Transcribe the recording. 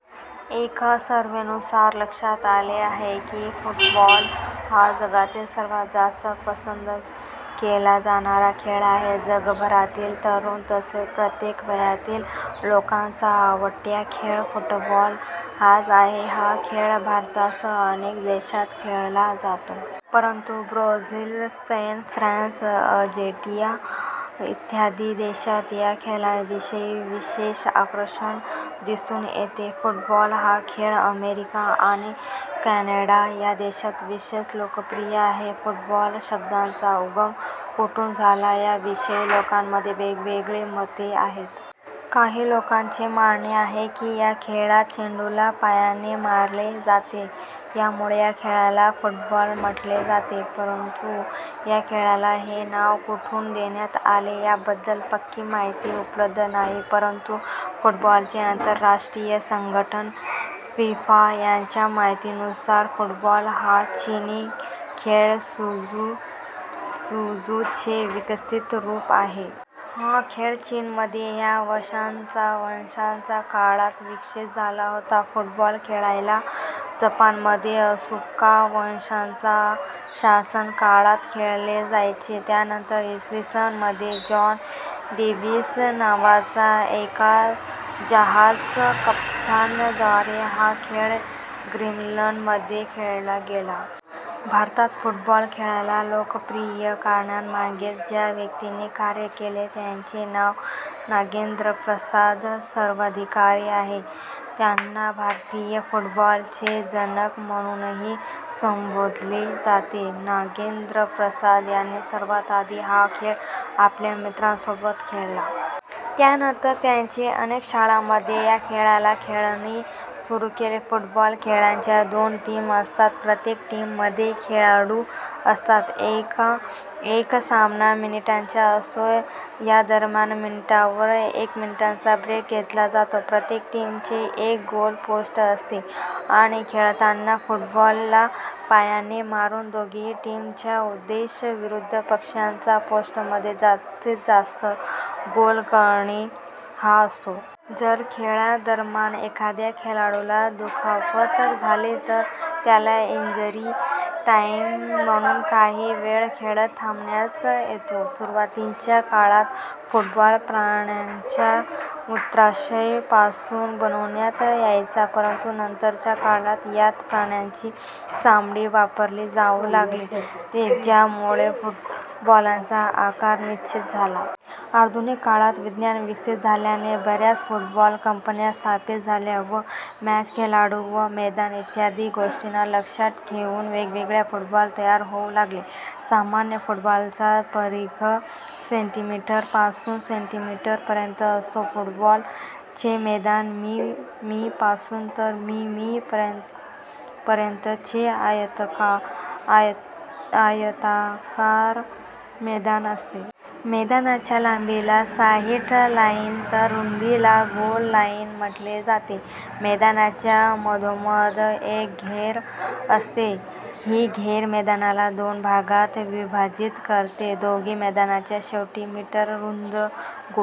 एका सर्व्हेनुसार लक्षात आले आहे की फुटबॉल हा जगातील सर्वात जास्त पसंत केला जाणारा खेळ आहे. जगभरातील तरुण तसेच प्रत्येक वयातील लोकांचा आवडता खेळ फुटबॉल हाच आहे. हा खेळ भारतासह अनेक देशात खेळला जातो. परंतु ब्राझील, स्पेन, फ्रान्स, अर्जेंटिना इत्यादी देशात या खेळाविषयी विशेष आकर्षण दिसून येते. फुटबॉल हा खेळ अमेरिका आणि कॅनडा या देशात विशेष लोकप्रिय आहे. फुटबॉल शब्दाचा उगम कुठून झाला या विषयी लोकांमध्ये वेगवेगळी मते आहेत. काही लोकांचे मानणे आहे की या खेळात चेंडूला पायाने मारले जाते यामुळे या खेळाला फुटबॉल म्हटले जाते. परंतु या खेळाला हे नाव कुठून देण्यात आले याबद्दल पक्की माहिती उपलब्ध नाही. परंतु फुटबॉलचे आंतरराष्ट्रीय संघटन फिफा च्या माहितीनुसार फुटबॉल हा चिनी खेळ सुजू चे विकसित रूप आहे. हा खेळ चीनमध्ये 'ह्यां' वंशाच्या काळात विकसित झाला होता. फुटबॉल खेळायला जपानमध्ये असुका वंशाच्या शासन काळात खेळले जायचे. त्यानंतर इसवीसन मध्ये जॉन डेविस नावाच्या एका जहाज कप्तान द्वारे हा खेळ ग्रीनलँड मध्ये खेळला गेला. भारतात फुटबॉल खेळाला लोकप्रिय करण्यामागे ज्या व्यक्तीने कार्य केले त्यांचे नाव 'नागेन्द्र प्रसाद सर्वाधिकारी' आहे. त्यांना 'भारतीय फुटबॉल चे जनक' म्हणूनही संबोधले जाते. नागेंद्र प्रसाद यांनी सर्वात आधी हा खेळ आपल्या मित्रांसोबत खेळला. त्यानंतर त्यांनी अनेक शाळांमध्ये या खेळाला खेळवणे सुरू केले. फुटबॉल खेळाच्या दोन टीम असतात प्रत्येक टीम मध्ये खेळाडू असतात. एक सामना मिनिटांचा असतो. यादरम्यान मिनिटांवर एक मिनिटांचा ब्रेक घेतला जातो. प्रत्येक टीम चे एक गोल पोस्ट असते आणि खेळताना फुटबॉल ला पायाने मारून दोघीही टीम चा उद्देश विरुद्ध पक्षाच्या पोस्टमध्ये जास्तीत जास्त गोल करणे हा असतो. जर खेळादरम्यान एखाद्या खेळाडूला दुखापत झाली तर त्याला 'इंजरी टाईम' म्हणून काही वेळ खेळ थांबवण्यात येतो. सुरुवातीच्या काळात फुटबॉल प्राण्यांच्या मूत्राशया पासून बनवण्यात यायचा. परंतु नंतरच्या काळात यात प्राण्यांची चामडी वापरली जाऊ लागली, ज्यामुळे फुटबॉलच्या आकार निश्चित झाला. आधुनिक काळात विज्ञान विकसित झाल्याने बऱ्याच फुटबॉल कंपन्या स्थापित झाल्या व मॅच, खेळाडू व मैदान इत्यादी गोष्टींना लक्षात घेऊन वेगवेगळे फुटबॉल तयार होऊ लागले. सामान्यता फुटबॉलचा परीघ सेंटीमीटर पासून सेंटीमीटर पर्यंत असतो. फुटबॉल चे मैदान मी, मी पासून तर मी, मी पर्यंत चे आयताकार मैदान असते. मैदानाच्या लांबीला 'साइड लाइन' तर रुंदीला 'गोल लाईन' म्हटले जाते. मैदानाच्या मधोमध एक रेघ असते ही रेघ मैदानाला दोन भागात विभाजित करते. दोघी मैदानांच्या शेवटी मीटर रुंद गोल